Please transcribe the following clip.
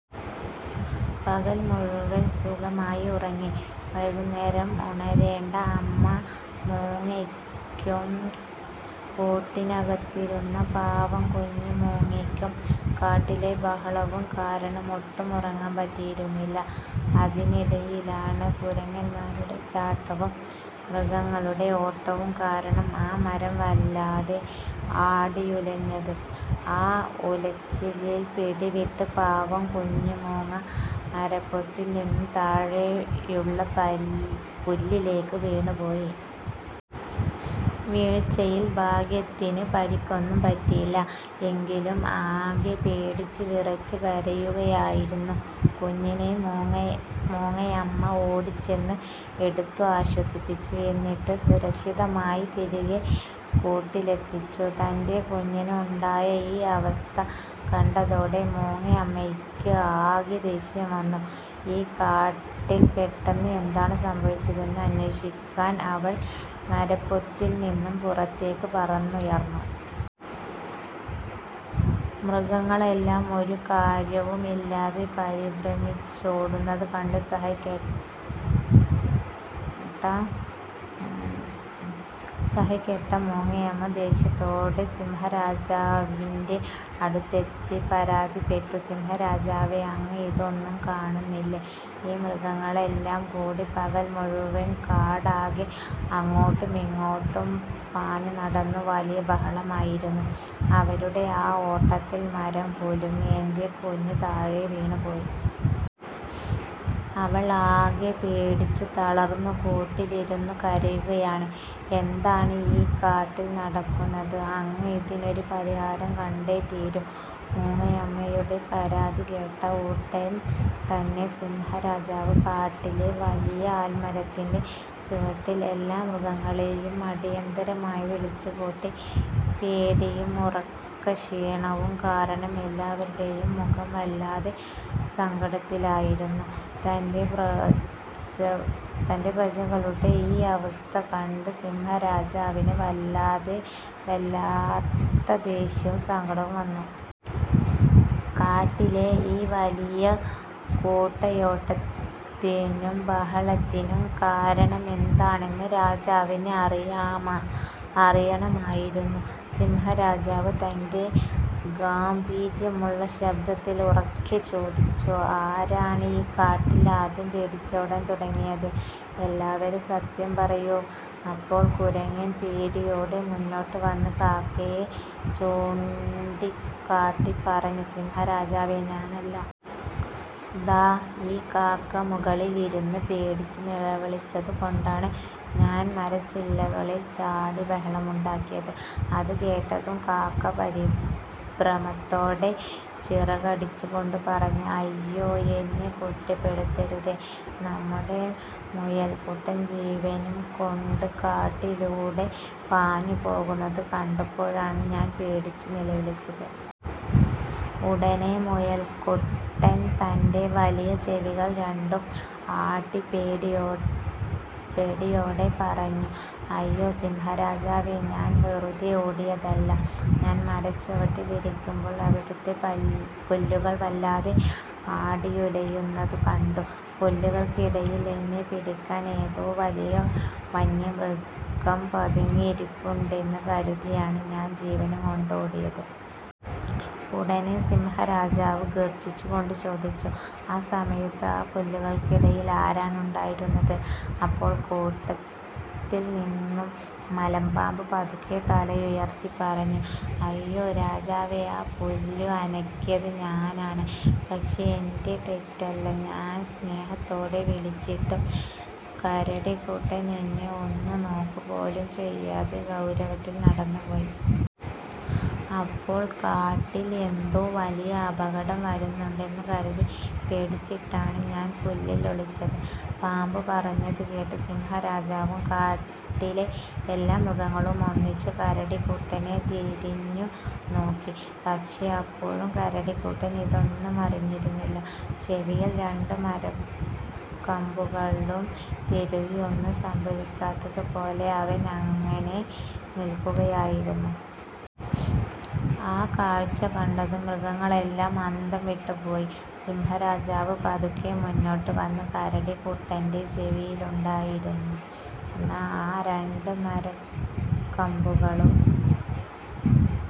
പകൽ മുഴുവൻ സുഖമായി ഉറങ്ങി വൈകുന്നേരം ഉണരേണ്ട അമ്മ മൂങ്ങയ്ക്കും കൂട്ടിനകത്തിരുന്ന പാവം കുഞ്ഞു മൂങ്ങയ്ക്കും, കാട്ടിലെ ബഹളവും കാരണം ഒട്ടും ഉറങ്ങാൻ പറ്റിയിരുന്നില്ല. അതിനിടയിലാണ് കുരങ്ങന്മാരുടെ ചാട്ടവും മൃഗങ്ങളുടെ ഓട്ടവും കാരണം ആ മരം വല്ലാതെ ആടിയുലഞ്ഞത്. ആ ഉലച്ചിലിൽ പിടിവിട്ട് പാവം കുഞ്ഞു മൂങ്ങ മരപ്പൊത്തിൽ നിന്നും താഴെയുള്ള പുല്ലിലേക്ക് വീണുപോയി! വീഴ്ചയിൽ ഭാഗ്യത്തിന് പരിക്കൊന്നും പറ്റിയില്ല. എങ്കിലും ആകെ പേടിച്ചുവിറച്ച് കരയുകയായിരുന്ന കുഞ്ഞിനെ മൂങ്ങയമ്മ ഓടിച്ചെന്ന് എടുത്ത് ആശ്വസിപ്പിച്ചു; എന്നിട്ട് സുരക്ഷിതമായി തിരികെ കൂട്ടിലെത്തിച്ചു. തൻ്റെ കുഞ്ഞിന് ഉണ്ടായ ഈ അവസ്ഥ കണ്ടതോടെ മൂങ്ങയമ്മയ്ക്ക് ആകെ ദേഷ്യം വന്നു. ഈ കാട്ടിൽ പെട്ടെന്ന് എന്താണ് സംഭവിച്ചതെന്ന് അന്വേഷിക്കാൻ അവൾ മരപ്പൊത്തിൽ നിന്നും പുറത്തേക്ക് പറന്നുയർന്നു. മൃഗങ്ങളെല്ലാം ഒരു കാര്യവുമില്ലാതെ പരിഭ്രമിച്ചോടുന്നത് കണ്ട് സഹികെട്ട മൂങ്ങയമ്മ ദേഷ്യത്തോടെ സിംഹരാജാവിന്റെ അടുത്തെത്തി പരാതിപ്പെട്ടു: "സിംഹരാജാവേ, അങ്ങ് ഇതൊന്നും കാണുന്നില്ലേ? ഈ മൃഗങ്ങളെല്ലാം കൂടി പകൽ മുഴുവൻ കാടാകെ അങ്ങോട്ടുമിങ്ങോട്ടും പാഞ്ഞുനടന്ന് വലിയ ബഹളമായിരുന്നു. അവരുടെ ആ ഓട്ടത്തിൽ മരം കുലുങ്ങി എന്റെ കുഞ്ഞ് താഴെ വീണുപോയി! അവൾ ആകെ പേടിച്ചു തളർന്ന് കൂട്ടിലിരുന്ന് കരയുകയാണ്. എന്താണ് ഈ കാട്ടിൽ നടക്കുന്നത്? അങ്ങ് ഇതിനൊരു പരിഹാരം കണ്ടേ തീരൂ! " മൂങ്ങയമ്മയുടെ പരാതി കേട്ട ഉടൻ തന്നെ സിംഹരാജാവ് കാട്ടിലെ വലിയ ആൽമരത്തിന്റെ ചുവട്ടിൽ എല്ലാ മൃഗങ്ങളെയും അടിയന്തരമായി വിളിച്ചുകൂട്ടി. പേടിയും ഉറക്കക്ഷീണവും കാരണം എല്ലാവരുടെയും മുഖം വല്ലാതെ സങ്കടത്തിലായിരുന്നു തന്റെ പ്രജകളുടെ ഈ അവസ്ഥ കണ്ട് സിംഹരാജാവിന് വല്ലാത്ത ദേഷ്യവും സങ്കടവും വന്നു. കാട്ടിലെ ഈ വലിയ കൂട്ടയോട്ടത്തിനും ബഹളത്തിനും കാരണമെന്താണെന്ന് രാജാവിന് അറിയണമായിരുന്നു. സിംഹരാജാവ് തന്റെ ഗാംഭീര്യമുള്ള ശബ്ദത്തിൽ ഉറക്കെ ചോദിച്ചു: "ആരാണ് ഈ കാട്ടിൽ ആദ്യം പേടിച്ചോടാൻ തുടങ്ങിയത്? എല്ലാവരും സത്യം പറയൂ. " അപ്പോൾ കുരങ്ങൻ പേടിയോടെ മുന്നോട്ട് വന്ന് കാക്കയെ ചൂണ്ടിക്കാട്ടി പറഞ്ഞു: "സിംഹരാജാവേ, ഞാനല്ല! ദാ ഈ കാക്ക മുകളിൽ ഇരുന്ന് പേടിച്ച് നിലവിളിച്ചതു കൊണ്ടാണ് ഞാൻ മരച്ചില്ലകളിൽ ചാടി ബഹളമുണ്ടാക്കിയത്! " അത് കേട്ടതും കാക്ക പരിഭ്രമത്തോടെ ചിറകടിച്ചുകൊണ്ട് പറഞ്ഞു: "അയ്യോ, എന്നെ കുറ്റപ്പെടുത്തരുതേ! നമ്മുടെ മുയൽക്കുട്ടൻ ജീവനും കൊണ്ട് കാട്ടിലൂടെ പാഞ്ഞു പോകുന്നത് കണ്ടപ്പോഴാണ് ഞാൻ പേടിച്ചു നിലവിളിച്ചത്! " ഉടനെ മുയൽക്കുട്ടൻ തന്റെ വലിയ ചെവികൾ രണ്ടും ആട്ടി പേടിയോടെ പറഞ്ഞു: "അയ്യോ സിംഹരാജാവേ, ഞാൻ വെറുതെ ഓടിയതല്ല! ഞാൻ മരച്ചുവട്ടിൽ ഇരിക്കുമ്പോൾ അവിടുത്തെ പുല്ലുകൾ വല്ലാതെ ആടിയുലയുന്നത് കണ്ടു. പുല്ലുകൾക്കിടയിൽ എന്നെ പിടിക്കാൻ ഏതോ വലിയ വന്യമൃഗം പതുങ്ങിയിരിപ്പുണ്ടെന്ന് കരുതിയാണ് ഞാൻ ജീവനും കൊണ്ട് ഓടിയത്! " ഉടനെ സിംഹരാജാവ് ഗർജിച്ചുകൊണ്ട് ചോദിച്ചു: "ആ സമയത്ത് ആ പുല്ലുകൾക്കിടയിൽ ആരാണ് ഉണ്ടായിരുന്നത്? " അപ്പോൾ കൂട്ടത്തിൽ നിന്നും മലമ്പാമ്പ് പതുക്കെ തലയുയർത്തി പറഞ്ഞു: "അയ്യോ രാജാവേ, ആ പുല്ല് അനക്കിയത് ഞാനാണ്! പക്ഷേ എന്റെ തെറ്റല്ല. ഞാൻ സ്നേഹത്തോടെ വിളിച്ചിട്ടും കരടിക്കുട്ടൻ എന്നെ ഒന്നു നോക്കുകപോലും ചെയ്യാതെ ഗൗരവത്തിൽ നടന്നുപോയി! അപ്പോൾ കാട്ടിൽ എന്തോ വലിയ അപകടം വരുന്നുണ്ടെന്ന് കരുതി പേടിച്ചിട്ടാണ് ഞാൻ പുല്ലിൽ ഒളിച്ചത്! " പാമ്പ് പറഞ്ഞത് കേട്ട് സിംഹരാജാവും കാട്ടിലെ എല്ലാ മൃഗങ്ങളും ഒന്നിച്ച് കരടിക്കുട്ടനെ തിരിഞ്ഞു നോക്കി! പക്ഷേ, അപ്പോഴും കരടിക്കുട്ടൻ ഇതൊന്നും അറിഞ്ഞിരുന്നില്ല! ചെവിയിൽ രണ്ട് മരക്കമ്പുകളും തിരുകി, ഒന്നും സംഭവിക്കാത്തതുപോലെ അവൻ അങ്ങനെ നിൽക്കുകയായിരുന്നു! ആ കാഴ്ച കണ്ടതും മൃഗങ്ങളെല്ലാം അന്തംവിട്ടു പോയി! സിംഹരാജാവ് പതുക്കെ മുന്നോട്ട് വന്ന് കരടിക്കുട്ടന്റെ ചെവിയിലുണ്ടായിരുന്ന ആ രണ്ട് മരക്കമ്പുകളും